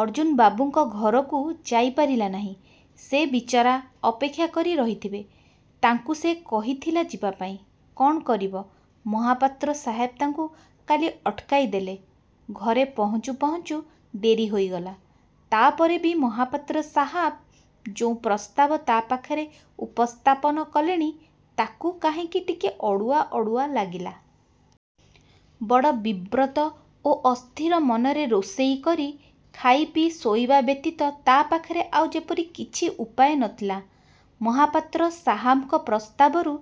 ଅର୍ଜ୍ଜୁନବାବୁଙ୍କ ଘରକୁ ଯାଇପାରିଲା ନାହିଁ। ସେ ବିଚରା ଅପେକ୍ଷା କରି ରହିଥିବେ। ତାଙ୍କୁ ସେ କହିଥିଲା ଯିବାପାଇଁ, କ'ଣ କରିବ ମହାପାତ୍ର ସାହେବ ତା'କୁ କାଲି ଅଟକାଇ ଦେଲେ। ଘରେ ପହଞ୍ଚୁ ପହଞ୍ଚୁ ଡେରି ହୋଇଗଲା। ତା' ପରେ ବି ମହାପାତ୍ର ସାହାବ ଯୋଉଁ ପ୍ରସ୍ତାବ ତା' ପାଖରେ ଉପସ୍ଥାପନ କଲେଣି ତା'କୁ କାହିଁକି ଟିକେ ଅଡ଼ୁଆ ଅଡ଼ୁଆ ଲାଗିଲା। ବଡ଼ ବିବ୍ରତ ଓ ଅସ୍ଥିର ମନରେ ରୋଷଇ କରି ଖାଇପିଇ ଶୋଇବା ବ୍ୟତୀତ ତା' ପାଖରେ ଆଉ ଯେପରି କିଛି ଉପାୟ ନ ଥିଲା। ମହାପାତ୍ର ସାହାବଙ୍କ ପ୍ରସ୍ତାବରୁ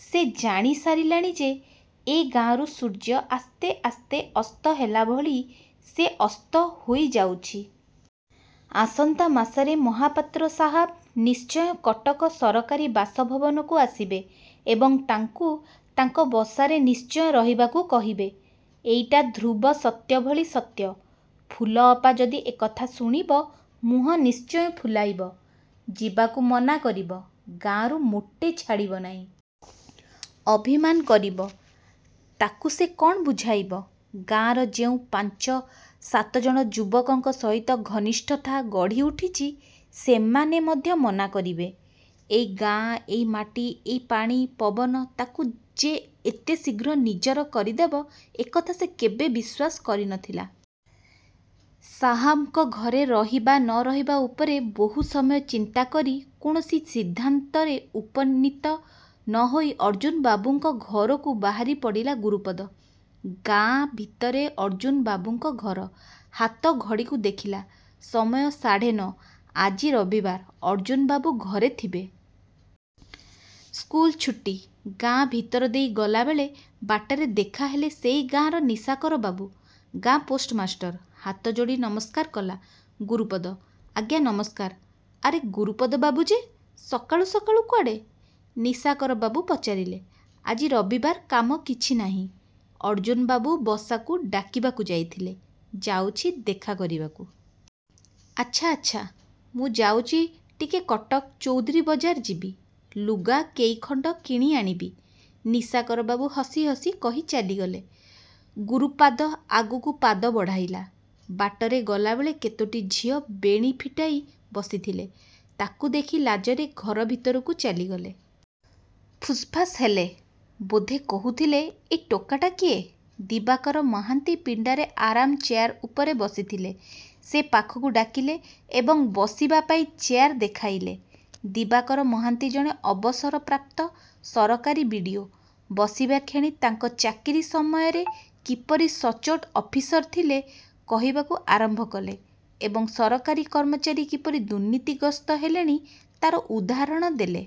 ସେ ଜାଣିସାରିଲାଣି ଯେ, ଏ ଗାଁରୁ ସୂର୍ଯ୍ୟ ଆସ୍ତେ ଆସ୍ତେ ଅସ୍ତ ହେଲା ଭଳି ସେ ଅସ୍ତ ହୋଇଯାଉଛି। ଆସନ୍ତା ମାସରେ ମହାପାତ୍ର ସାହାବ ନିଶ୍ଚୟ କଟକ ସରକାରୀ ବାସଭବନକୁ ଆସିବେ ଏବଂ ତା'କୁ ତାଙ୍କ ବସାରେ ନିଶ୍ଚୟ ରହିବାକୁ କହିବେ। ଏଇଟା ଧ୍ରୁବ ସତ୍ୟ ଭଳି ସତ୍ୟ। ଫୁଲଅପା ଯଦି ଏକଥା ଶୁଣିବ ମୁହଁ ନିଶ୍ଚୟ ଫୁଲାଇବ। ଯିବାକୁ ମନା କରିବ। ଗାଁରୁ ମୋଟେ ଛାଡ଼ିବ ନାହିଁ। ଅଭିମାନ କରିବ। ତା'କୁ ସେ କ'ଣ ବୁଝାଇବ? ଗାଁର ଯେଉଁ ପାଞ୍ଚ ସାତ ଜଣ ଯୁବକଙ୍କ ସହିତ ଘନିଷ୍ଠତା ଗଢ଼ି ଉଠୁଛି, ସେମାନେ ମଧ୍ୟ ମନା କରିବେ। ଏଇ ଗାଁ; ଏଇ ମାଟି, ଏଇ ପାଣି ପବନ ତା'କୁ ଯେ ଏତେ ଶୀଘ୍ର ନିଜର କରିଦେବ; ଏକଥା ସେ କେବେ ବିଶ୍ୱାସ କରି ନ ଥିଲା। ସାହାବଙ୍କ ଘରେ ରହିବା ନ ରହିବା ଉପରେ ବହୁ ସମୟ ଚିନ୍ତା କରି କୌଣସି ସିଦ୍ଧାନ୍ତରେ ଉପନୀତ ନ ହୋଇ ଅର୍ଜ୍ଜୁନବାବୁଙ୍କ ଘରକୁ ବାହାରି ପଡ଼ିଲା ଗୁରୁପଦ। ଗାଁ ଭିତରେ ଅର୍ଜ୍ଜୁନବାବୁଙ୍କ ଘର। ହାତ ଘଡ଼ିକୁ ଦେଖିଲା, ସମୟ ସାଢ଼େ ନଅ। ଆଜି ରବିବାର, ଅର୍ଜ୍ଜୁନବାବୁ ଘରେ ଥିବେ। ସ୍କୁଲ ଛୁଟି। ଗାଁ ଭିତରଦେଇ ଗଲାବେଳେ ବାଟରେ ଦେଖାହେଲେ ସେହି ଗାଁର ନିଶାକରବାବୁ। ଗାଁ ପୋଷ୍ଟମାଷ୍ଟର। ହାତଯୋଡ଼ି ନମସ୍କାର କଲା ଗୁରୁପଦ। ଆଜ୍ଞା ନମସ୍କାର! ଆରେ ଗୁରୁପଦ ବାବୁ ଯେ! ସକାଳୁ ସକାଳୁ କୁଆଡ଼େ? ନିଶାକରବାବୁ ପଚାରିଲେ! ଆଜି ରବିବାର କାମ କିଛି ନାହିଁ। ଅର୍ଜ୍ଜୁନବାବୁ ବସାକୁ ଡାକିବାକୁ ଯାଇଥିଲେ, ଯାଉଛି ଦେଖା କରିବାକୁ। ଆଚ୍ଛା ଆଚ୍ଛା। ମୁଁ ଯାଉଛି ଟିକେ କଟକ, ଚୌଧୁରୀ ବଜାର ଯିବି। ଲୁଗା କେଇଖଣ୍ଡ କିଣି ଆଣିବି, ନିଶାକରବାବୁ ହସି ହସି କହି ଚାଲିଗଲେ। ଗୁରୁପାଦ ଆଗକୁ ପାଦ ବଢ଼ାଇଲା। ବାଟରେ ଗଲାବେଳେ କେତୋଟି ଝିଅ ବେଣୀ ଫିଟାଇ ବସିଥିଲେ। ତା'କୁ ଦେଖି ଲାଜରେ ଘର ଭିତରକୁ ଚାଲିଗଲେ। ଫୁସ୍ଫାସ୍ ହେଲେ; ବୋଧେ କହୁଥିଲେ ଏ ଟୋକାଟା କିଏ? ଦିବାକର ମହାନ୍ତି ପିଣ୍ଡାରେ ଆରାମ୍ ଚେୟାର ଉପରେ ବସିଥିଲେ। ସେ ପାଖକୁ ଡାକିଲେ ଏବଂ ବସିବା ପାଇଁ ଚେୟାର୍ ଦେଖାଇଲେ। ଦିବାକର ମହାନ୍ତି ଜଣେ ଅବସରପ୍ରାପ୍ତ ସରକାରୀ ବିଡ଼ିଓ। ବସିବାକ୍ଷଣି ତାଙ୍କ ଚାକିରି ସମୟରେ କିପରି ସଚୋଟ ଅଫିସର ଥିଲେ କହିବାକୁ ଆରମ୍ଭ କଲେ ଏବଂ ସରକାରୀ କର୍ମଚାରୀ କିପରି ଦୁର୍ନୀତିଗ୍ରସ୍ତ ହେଲେଣି ତା'ର ଉଦାହରଣ ଦେଲେ।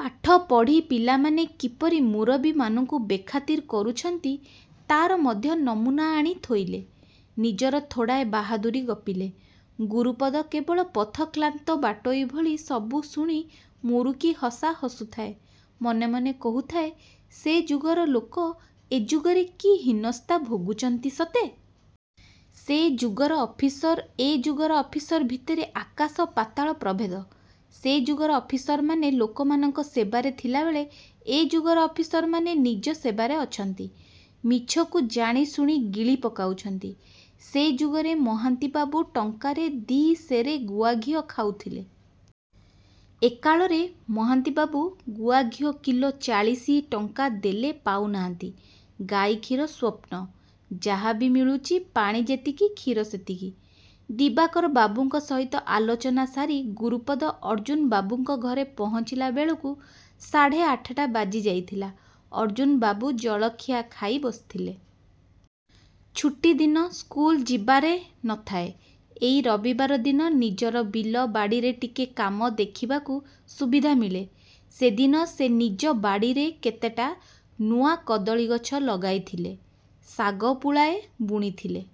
ପାଠ ପଢ଼ି ପିଲାମାନେ କିପରିୁ ମୁରବୀମାନଙ୍କୁ ବେଖାତିର କରୁଛନ୍ତି ତା'ର ମଧ୍ୟ ନମୁନା ଆଣି ଥୋଇଲେ। ନିଜର ଥୋଡ଼ାଏ ବାହାଦୂରୀ ଗପିଲେ। ଗୁରୁପଦ କେବଳ ପଥକ୍ଳାନ୍ତ ବାଟୋଇ ଭଳି ସବୁ ଶୁଣି ମୁରୁକି ହସା ହସୁଥାଏ। ମନେ ମନେ କହୁଥାଏ, ସେ ଯୁଗର ଲୋକ ଏ ଯୁଗରେ କି ହୀନସ୍ତା ଭୋଗୁଛନ୍ତି ସତେ? ସେ ଯୁଗର ଅଫିସର ଏ ଯୁଗର ଅଫିସର ଭିତରେ ଆକାଶ ପାତାଳ ପ୍ରଭେଦ। ସେ ଯୁଗର ଅଫିସରମାନେ ଲୋକମାନଙ୍କ ସେବାରେ ଥିଲାବେଳେ, ଏ ଯୁଗର ଅଫିସରମାନେ ନିଜ ସେବାରେ ଅଛନ୍ତି। ମିଛକୁ ଜାଣି ଶୁଣି ଗିଳି ପକାଉଛନ୍ତି। ସେ ଯୁଗରେ ମହାନ୍ତିବାବୁ ଟଙ୍କାରେ ଦି'ସେରେ ଗୁଆଘିଅ ଖାଉଥିଲେ। ଏ କାଳରେ ମହାନ୍ତିବାବୁ ଗୁଆଘିଅ କିଲୋ ଚାଳିଶି ଟଙ୍କା ଦେଲେ ପାଉନାହାନ୍ତି। ଗାଈ କ୍ଷୀର ସ୍ୱପ୍ନ। ଯାହା ବି ମିଳୁଛି ପାଣି ଯେତିକି କ୍ଷୀର ସେତିକି। ଦିବାକରବାବୁଙ୍କ ସହିତ ଆଲୋଚନା ସାରି ଗୁରୁପଦ ଅର୍ଜ୍ଜୁନବାବୁଙ୍କ ଘରେ ପହଞ୍ଚିଲାବେଳକୁ ସାଢ଼େ ଆଠଟା ବାଜିଯାଇଥିଲା। ଅର୍ଜ୍ଜୁନବାବୁ ଜଳଖିଆ ଖାଇ ବସିଥିଲେ। ଛୁଟିଦିନ ସ୍କୁଲଯିବାରେ ନ ଥାଏ। ଏଇ ରବିବାର ଦିନ ନିଜର ବିଲ ବାଡ଼ିରେ ଟିକେ କାମ ଦେଖିବାକୁ ସୁବିଧା ମିଳେ। ସେଦିନ ସେ ନିଜ ବାଡ଼ିରେ କେତେଟା ନୂଆ କଦଳୀ ଗଛ ଲଗାଇ ଥିଲେ। ଶାଗ ପୁଳାଏ ବୁଣିଥିଲେ।